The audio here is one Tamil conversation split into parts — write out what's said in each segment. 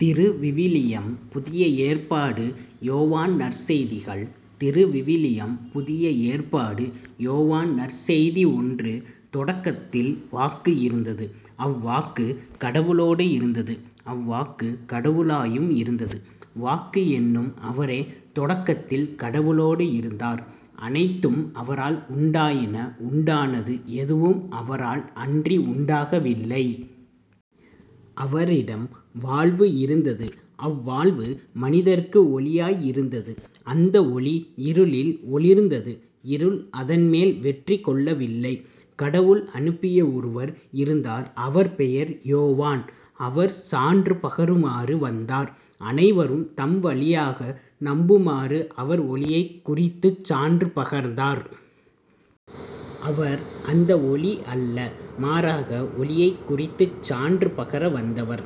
திருவிவிலியம் புதிய ஏற்பாடு யோவான் நற்செய்திகள் திருவிவிலியம் புதிய ஏற்பாடு யோவான் நற்செய்தி ஒன்று தொடக்கத்தில் வாக்கு இருந்தது. அவ்வாக்கு கடவுளோடு இருந்தது. அவ்வாக்கு கடவுளாயும் இருந்தது. வாக்கு என்னும் அவரே தொடக்கத்தில் கடவுளோடு இருந்தார். அனைத்தும் அவரால் உண்டாயின உண்டானது எதுவும் அவரால் அன்றி உண்டாகவில்லை. அவரிடம் வாழ்வு இருந்தது அவ்வாழ்வு மனிதருக்கு ஒளியாய் இருந்தது. அந்த ஒளி இருளில் ஒளிர்ந்தது இருள் அதன்மேல் வெற்றி கொள்ளவில்லை. கடவுள் அனுப்பிய ஒருவர் இருந்தார் அவர் பெயர் யோவான். அவர் சான்று பகருமாறு வந்தார். அனைவரும் தம் வழியாக நம்புமாறு அவர் ஒளியைக் குறித்துச் சான்று பகர்ந்தார். அவர் அந்த ஒளி அல்ல மாறாக ஒளியைக் குறித்துச் சான்று பகர வந்தவர்.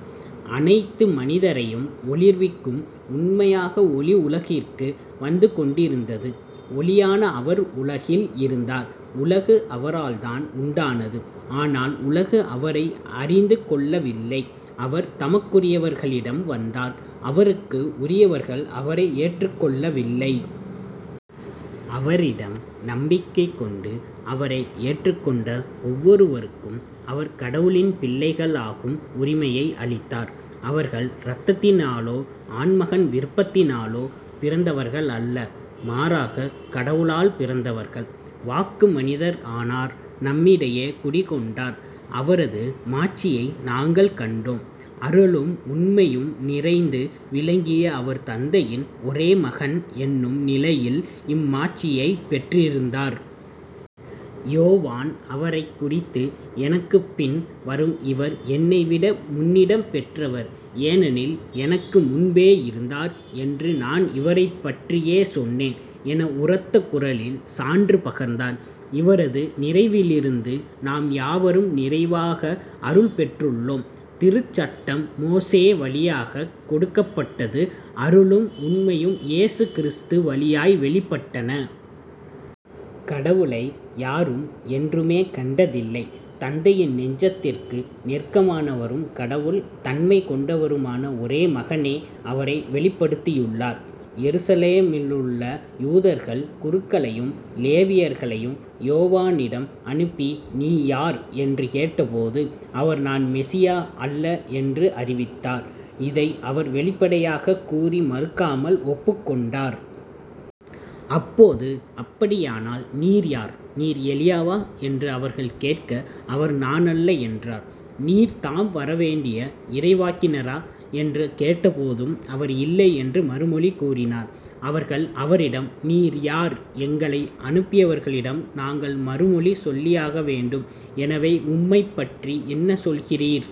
அனைத்து மனிதரையும் ஒளிர்விக்கும் உண்மையாக ஒளி உலகிற்கு வந்துகொண்டிருந்தது. ஒளியான அவர் உலகில் இருந்தார். உலகு அவரால்தான் உண்டானது. ஆனால் உலகு அவரை அறிந்து கொள்ளவில்லை. அவர் தமக்குரியவர்களிடம் வந்தார். அவருக்கு உரியவர்கள் அவரை ஏற்றுக்கொள்ளவில்லை. அவரிடம் நம்பிக்கை கொண்டு அவரை ஏற்றுக்கொண்ட ஒவ்வொருவருக்கும் அவர் கடவுளின் பிள்ளைகள் ஆகும் உரிமையை அளித்தார். அவர்கள் இரத்தத்தினாலோ ஆண்மகன் விருப்பத்தினாலோ பிறந்தவர்கள் அல்ல மாறாகக் கடவுளால் பிறந்தவர்கள். வாக்கு மனிதர் ஆனார் நம்மிடையே குடிகொண்டார். அவரது மாட்சியை நாங்கள் கண்டோம். அருளும் உண்மையும் நிறைந்து விளங்கிய அவர் தந்தையின் ஒரே மகன் என்னும் நிலையில் இம்மாட்சியைப் பெற்றிருந்தார். யோவான் அவரைக் குறித்து எனக்குப்பின் வரும் இவர் என்னைவிட முன்னிடம் பெற்றவர் ஏனெனில் எனக்கு முன்பே இருந்தார் என்று நான் இவரைப்பற்றியே சொன்னேன் என உரத்த குரலில் சான்று பகர்ந்தார். இவரது நிறைவிலிருந்து நாம் யாவரும் நிறைவாக அருள் பெற்றுள்ளோம். திருச்சட்டம் மோசே வழியாகக் கொடுக்கப்பட்டது அருளும் உண்மையும் இயேசு கிறிஸ்து வழியாய் வெளிப்பட்டன. கடவுளை யாரும் என்றுமே கண்டதில்லை தந்தையின் நெஞ்சத்திற்கு நெருக்கமானவரும் கடவுள் தன்மை கொண்டவருமான ஒரே மகனே அவரை வெளிப்படுத்தியுள்ளார். எருசலேமிலுள்ள யூதர்கள் குருக்களையும் லேவியர்களையும் யோவானிடம் அனுப்பி நீ யார்? என்று கேட்டபோது அவர் நான் மெசியா அல்ல என்று அறிவித்தார். இதை அவர் வெளிப்படையாகக் கூறி மறுக்காமல் ஒப்புக்கொண்டார். அப்போது அப்படியானால் நீர் யார்? நீர் எலியாவா? என்று அவர்கள் கேட்க அவர் நானல்ல என்றார். நீர் தாம் வர வேண்டிய இறைவாக்கினரா? என்று கேட்டபோதும் அவர் இல்லை என்று மறுமொழி கூறினார். அவர்கள் அவரிடம் நீர் யார்? எங்களை அனுப்பியவர்களிடம் நாங்கள் மறுமொழி சொல்லியாகவேண்டும் எனவே உம்மைப்பற்றி என்ன சொல்கிறீர்?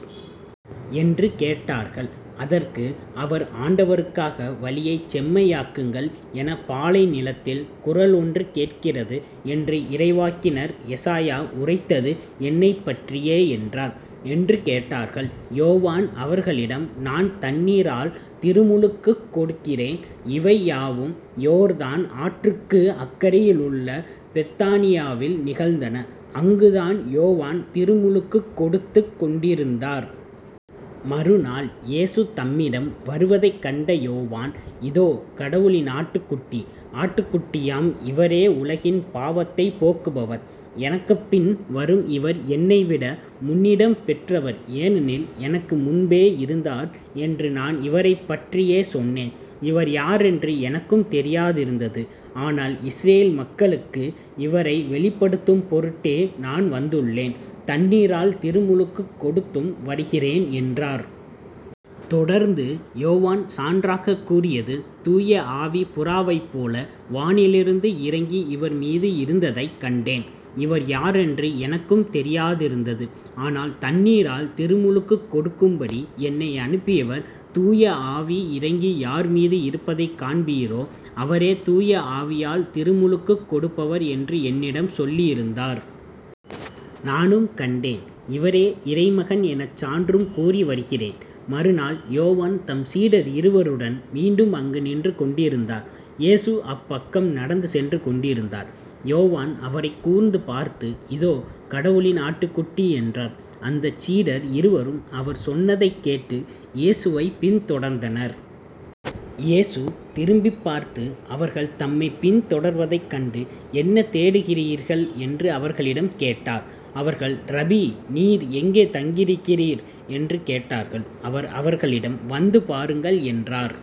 என்று கேட்டார்கள். அதற்கு அவர் ஆண்டவருக்காக வழியைச் செம்மையாக்குங்கள் எனப் பாலைநிலத்தில் குரல் ஒன்று கேட்கிறது என்று இறைவாக்கினர் எசாயா உரைத்தது என்னைப்பற்றியே என்றார். என்று கேட்டார்கள். யோவான் அவர்களிடம் நான் தண்ணீரால் திருமுழுக்குக் கொடுக்கிறேன். இவையாவும் யோர்தான் ஆற்றுக்கு அக்கரையிலுள்ள பெத்தானியாவில் நிகழ்ந்தன. அங்குதான் யோவான் திருமுழுக்குக் கொடுத்துக் கொண்டிருந்தார். மறுநாள் இயேசு தம்மிடம் வருவதைக் கண்ட யோவான் இதோ. கடவுளின் ஆட்டுக்குட்டி. ஆட்டுக்குட்டியாம் இவரே உலகின் பாவத்தைப் போக்குபவர். எனக்குப்பின் வரும் இவர் என்னைவிட முன்னிடம் பெற்றவர் ஏனெனில் எனக்கு முன்பே இருந்தார் என்று நான் இவரைப்பற்றியே சொன்னேன். இவர் யாரென்று எனக்கும் தெரியாதிருந்தது. ஆனால் இஸ்ரயேல் மக்களுக்கு இவரை வெளிப்படுத்தும் பொருட்டே நான் வந்துள்ளேன் தண்ணீரால் திருமுழுக்குக் கொடுத்தும் வருகிறேன் என்றார். தொடர்ந்து யோவான் சான்றாகக் கூறியது தூய ஆவி புறாவைப்போல வானிலிருந்து இறங்கி இவர் மீது இருந்ததைக் கண்டேன். இவர் யாரென்று எனக்கும் தெரியாதிருந்தது. ஆனால் தண்ணீரால் திருமுழுக்குக் கொடுக்கும்படி என்னை அனுப்பியவர் தூய ஆவி இறங்கி யார்மீது இருப்பதைக் காண்பீரோ அவரே தூய ஆவியால் திருமுழுக்குக் கொடுப்பவர் என்று என்னிடம் சொல்லியிருந்தார். நானும் கண்டேன் இவரே இறைமகன் எனச் சான்றும் கூறி வருகிறேன். மறுநாள் யோவான் தம் சீடர் இருவருடன் மீண்டும் அங்கு நின்று கொண்டிருந்தார். இயேசு அப்பக்கம் நடந்து சென்று கொண்டிருந்தார். யோவான் அவரைக் கூர்ந்து பார்த்து இதோ. கடவுளின் ஆட்டுக்குட்டி என்றார். அந்தச் சீடர் இருவரும் அவர் சொன்னதைக் கேட்டு இயேசுவைப் பின் தொடர்ந்தனர். இயேசு திரும்பிப் பார்த்து அவர்கள் தம்மைப் பின் தொடர்வதைக் கண்டு "என்ன தேடுகிறீர்கள்? என்று அவர்களிடம் கேட்டார். அவர்கள் ரபி நீர் எங்கே தங்கியிருக்கிறீர்? என்று கேட்டார்கள். அவர் அவர்களிடம் வந்து பாருங்கள் என்றார்.